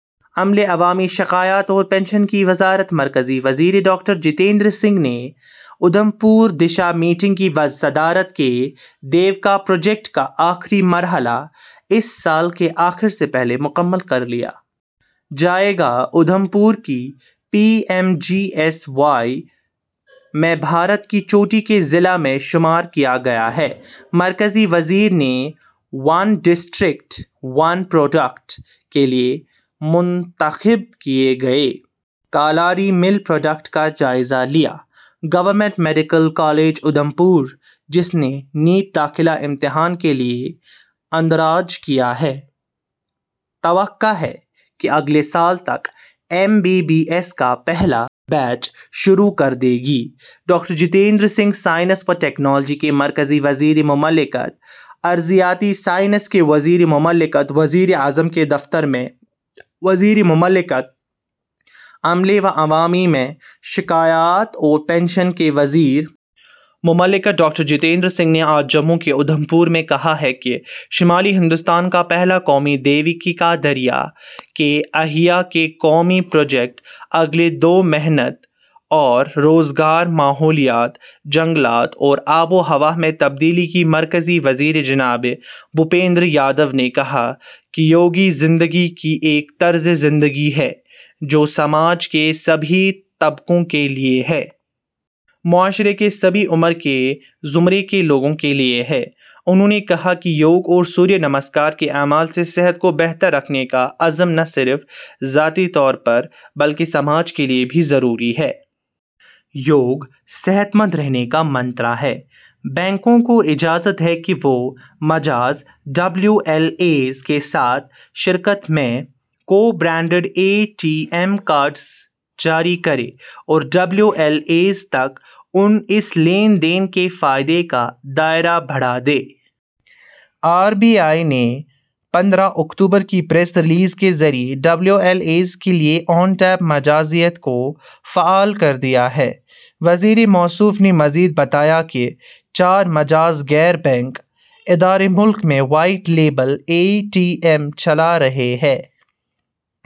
عملے عوامی شکایات اور پنشن کی وزارت مرکزی وزیر ڈاکٹر جتیندر سنگھ نے اودھم پور دشا میٹنگ کی صدارت کی دیوکا پروجیکٹ کا آخری مرحلہ اس سال کے آخر سے پہلے مکمل کرلیا جائے گا اودھم پور کو P M G S Y میں بھارت کے چوٹی کے ضلع میں شمار کیا گیا ہے مرکزی وزیر نے ون ڈسٹرکٹ ون پروڈکٹ کے لئے منتخب کئے گئے کالاری مل پروڈکٹ کا جائزہ لیا government medical college Udhampur جس نے نیٹ داخلہ امتحان کے لئے اندراج کیا ہے توقع ہے کہ اگلے سال تک ایم بی بی ایس کا پہلا بیچ شروع کردے گی ڈاکٹر جتیندر سنگھ سائنس و ٹکنالوجی کے مرکزی وزیر مملکت ارضیاتی سائنس کے وزیر مملکت وزیراعظم کے دفتر میں وزیر مملکت عملے و عوامی شکایات اور پنشن کے وزیر مملکت ڈاکٹر جتیندر سنگھ نے آج جموں کے اودھم پور میں کہا ہے کہ شمالی ہندوستان کا پہلا قومی دیویکا کا دریا کے احیا کا قومی پروجیکٹ اگلے دو محنت و روزگار ماحولیات جنگلات اور آب و ہوا میں تبدیلی کے مرکزی وزیر جناب بھوپندر یادو نے کہا کہ یوگ زندگی کی ایک طرز زندگی ہے جو سماج کے سبھی طبقوں کے لئے ہے۔ معاشرے کے سبھی عمر کے زمرے کے لوگوں کے لئے ہے۔ انہوں نے کہا کہ یوگ اور سوریہ نمسکار کے عمل سے صحت کو بہتر رکھنے کا عزم نہ صرف ذاتی طور پر بلکہ سماج کے لئے بھی ضروری ہے۔ یوگ صحت مند رہنے کا منتر ہے۔ بینکوں کو اجازت ہے کہ وہ مجاز ڈبلیو ایل ایز کے ساتھ شراکت میں کو branded A T M card جاری کریں اور ڈبلیو ایل ایز تک آن اس لین دین کے فائدے کا دائرہ بڑھا دیں۔ آر بی آئی نے پندرہ اکتوبر کی پریس ریلیز کے ذریعے ڈبلیو ایل ایز کے لیے آن ٹیپ مجازیت کو فعال کر دیا ہے۔ وزیر موصوف نے مزید بتایا کہ چار مجاز غیر بینک ادارے ملک میں white label A T M چلا رہے ہیں۔